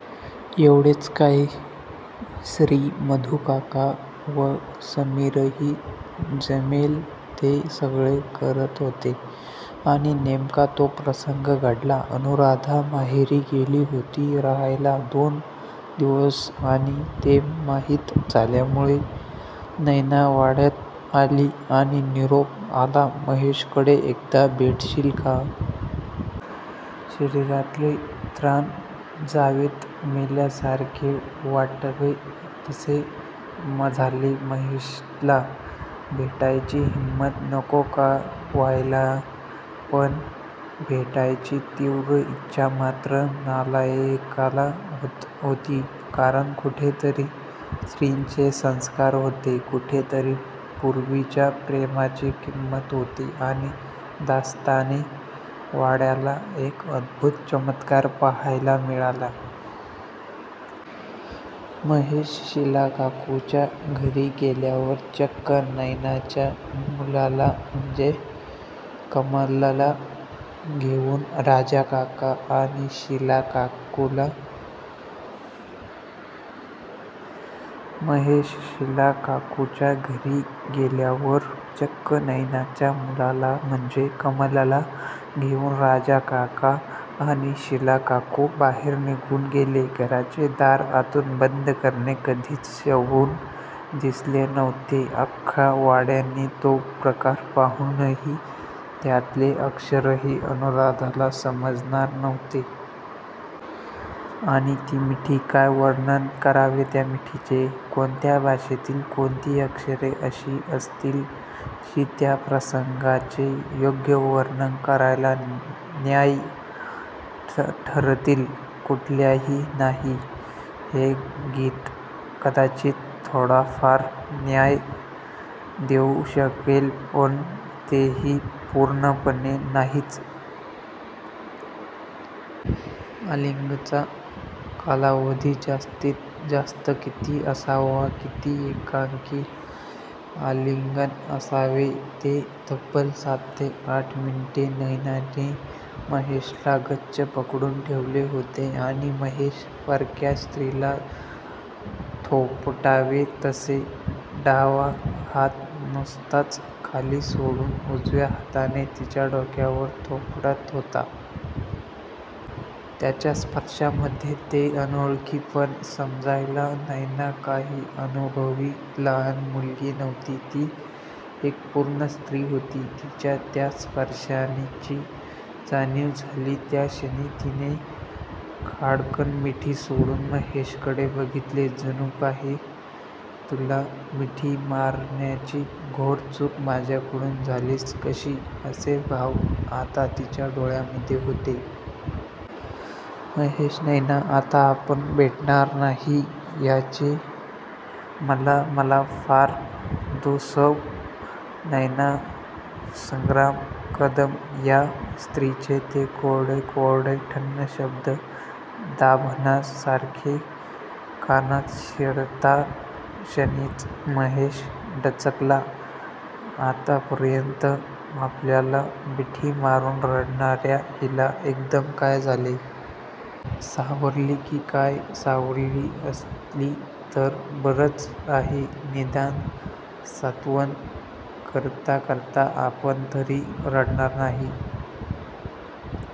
एवढेच काय? श्री, मधूकाका व समीरही जमेल ते सगळे करत होते आणि नेमका तो प्रसंग घडला. अनुराधा माहेरी गेली होती राहायला दोन दिवस आणि ते माहीत झाल्यामुळे नैना वाड्यात आली आणि निरोप आला महेशकडे एकदा भेटशील का? शरीरातले त्राण जावेत, मेल्यासारखे वाटावे तसे झाले महेशला भेटायची हिम्मत नको का व्हायला? पण भेटायची तीव्र इच्छा मात्र नालायकाला होत होती कारण कुठेतरी श्रीचे संस्कार होते. कुठेतरी पुर्वीच्या प्रेमाची किंमत होती आणि दास्ताने वाड्याला एक अद्भुत चमत्कार पाहायला मिळाला. महेश शीलाकाकूच्या घरी गेल्यावर चक्क नैनाच्या मुलाला म्हणजे कमलला घेऊन राजाकाका आणि शीलाकाकू बाहेर निघून गेले. घराचे दार आतून बंद करणे कधीच शोभून दिसले नव्हते. अख्ख्या वाड्याने तो प्रकार पाहूनही त्यातले अक्षरही अनुराधाला समजणार नव्हते. आणि ती मिठी? काय वर्णन करावे त्या मिठीचे? कोणत्या भाषेतील कोणती अक्षरे अशी असतील जी त्या प्रसंगाचे योग्य वर्णन करायला न्याय्य ठरतील? कुठल्याही नाही. हे गीत कदाचित थोडाफार न्याय देऊ शकेल पण तेही पूर्णपणे नाहीच! आलिंगनाचा कालावधी जास्तीत जास्त किती असावा? किती एकांगी आलिंगन असावे ते? तब्बल सात ते आठ मिनिटे नैनाने महेशला गच्च पकडून ठेवले होते आणि महेश परक्या स्त्रीला थोपटावे तसे डावा हात नुसताच खाली सोडून उजव्या हाताने तिच्या डोक्यावर थोपटत होता. त्याच्या स्पर्शामधले ते अनोळखीपण समजायला नैना काही अननुभवी लहान मुलगी नव्हती. ती एक पूर्ण स्त्री होती. तिला त्या स्पर्शाची जाणीव झाली त्या क्षणी तिने खाडकन मिठी सोडून महेशकडे बघितले. जणू काही तुला मिठी मारण्याची घोर चूक माझ्याकडून झालीच कशी असे भाव आता तिच्या डोळ्यात होते. महेश, नैना आता आपण भेटणार नाही याचे मला मला फार दु सौ. नैना संग्राम कदम या स्त्रीचे ते कोरडे कोरडे ठण्ण शब्द दाभणासारखे कानात शिरताक्षणीच महेश दचकला. आत्तापर्यंत आपल्याला मिठी मारून रडणार्या हिला एकदम काय झाले? सावरली की काय? सावरली असली तर बरंच आहे. निदान सांत्वन करता करता आपण तरी रडणार नाही.